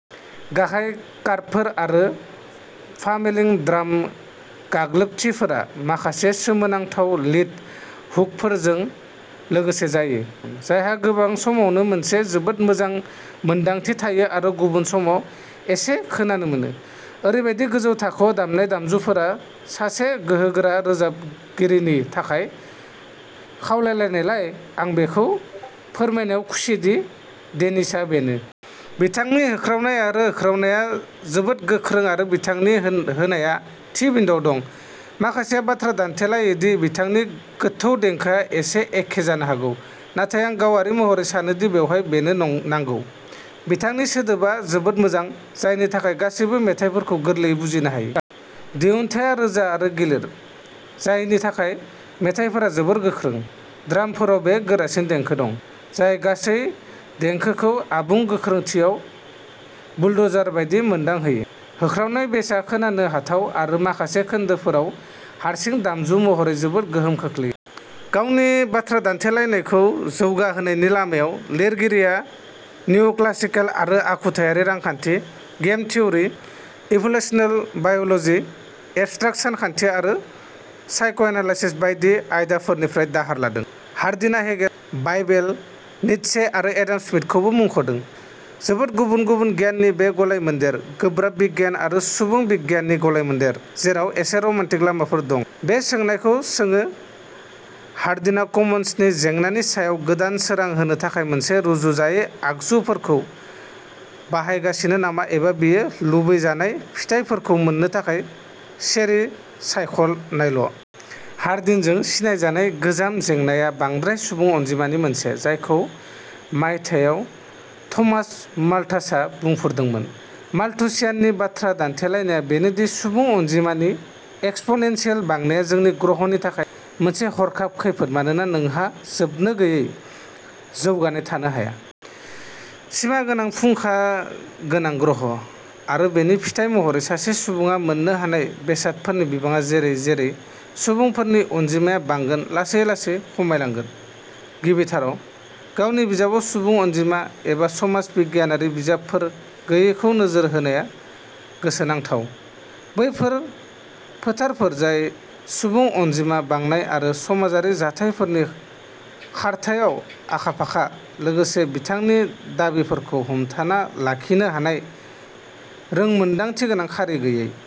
गाहाय कर्डफोर आरो पामेलिं ड्राम गाग्लोबथिफोरा माखासे सोमोनांथाव लीड हुकफोरजों लोगोसे जायो, जायहा गोबां समावनो मोनसे जोबोद मोजां मोनदांथि थायो आरो गुबुन समाव एसे खोनानो मोनो। ओरैबायदि गोजौ थाखोआव दामनाय दामजुफोरा सासे गोहोगोरा रोजाबगिरिनि थाखाय खावलायनायलाय आं बेखौ फोरमायनायाव खुसिदि डेनिसआ बेनो। बिथांनि होख्रावनाय आरो होख्रावनायआ जोबोद गोख्रों आरो बिथांनि होनायआ थि बिन्दोआव दं। माखासेया बाथ्रा दान्थेलायो दि बिथांनि गोथौ देंखोआ एसे एखे जानो हागौ, नाथाय आं गावारि महरै सानो दि बेवहाय बेनो नांगौ। बिथांनि सोदोबा जोबोद मोजां, जायनि थाखाय गासैबो मेथाइफोरखौ गोरलैयै बुजिनो हायो। दिहुनथाया रोजा आरो गिलिर, जायनि थाखाय मेथाइफोरा जोबोद गोख्रों। ड्रामफोराव बे गोरासिन देंखो दं, जाय गासै देंखोखौ आबुं गोख्रैथियाव बुलडजार बायदि मोनदांहोयो। होख्रावनाय बेसआ खोनानो हाथाव आरो माखासे खोन्दोफोराव हारसिं दामजु महरै जोबोद गोहोम खोख्लैयो। गावनि बाथ्रा दान्थेलायनायखौ जौगाहोनायनि लामायाव, लिरगिरिया निअक्लासिकेल आरो आखुथायारि रांखान्थि, game theory, evolutional biology, abstract सानखान्थि आरो साइक'एनालाइसिस बायदि आयदाफोरनिफ्राय दाहार लादों। हार्डिनआ हेगेल, बाइबेल, नीत्शे आरो एडाम स्मिथखौबो मुंख'दों। जोबोद गुबुन-गुबुन गियाननि बे गलायमोन्देर, गोब्राब बिगियान आरो सुबुं बिगियाननि गलायमोन्देर, जेराव एसे रमान्टिक लामाफोर दं, बे सोंनायखौ सोङो-हार्डिनआ कमन्सनि जेंनानि सायाव गोदान सोरां होनो थाखाय मोनसे रुजुजायै आगजुफोरखौ बाहायगासिनो नामा एबा बियो लुबैजानाय फिथाइफोरखौ मोननो थाखाय चेरी सायख'नायल '? हार्डिनजों सिनायजानाय'गोजाम जेंना'आ बांद्राय सुबुं अनजिमानि मोनसे, जायखौ मायथाइयाव थमास माल्थासआ बुंफोरदोंमोन। माल्थुसियाननि बाथ्रा दान्थेलायनाया बेनो दि सुबुं अनजिमानि एक्सपोनेनशियेल बांनाया जोंनि ग्रहनि थाखाय मोनसे हरखाब खैफोद मानोना नोंहा जोबनोगैयै जौगानाय थानो हाया। सिमा गोनां फुंखा गोनां ग्रह; आरो, बेनि फिथाइ महरै, सासे सुबुङा मोन्नो हानाय बेसादफोरनि बिबाङा जेरै-जेरै सुबुंफोरनि अनजिमाया बांगोन लासै-लासै खमायलांगोन। गिबिथाराव, गावनि बिजाबाव सुबुं अनजिमा एबा समाज बिगियानारि बिजाबफोर गैयैखौ नोजोर होनाया गोसोनांथाव, बैफोर फोथारफोर जाय सुबुं अनजिमा बांनाय आरो समाजारि जाथायफोरनि खारथाइआव आखा-फाखा; लोगोसे बिथांनि दाबिफोरखौ हमथाना लाखिनो हानाय रोंमोनदांथिगोनां खारि गैयै।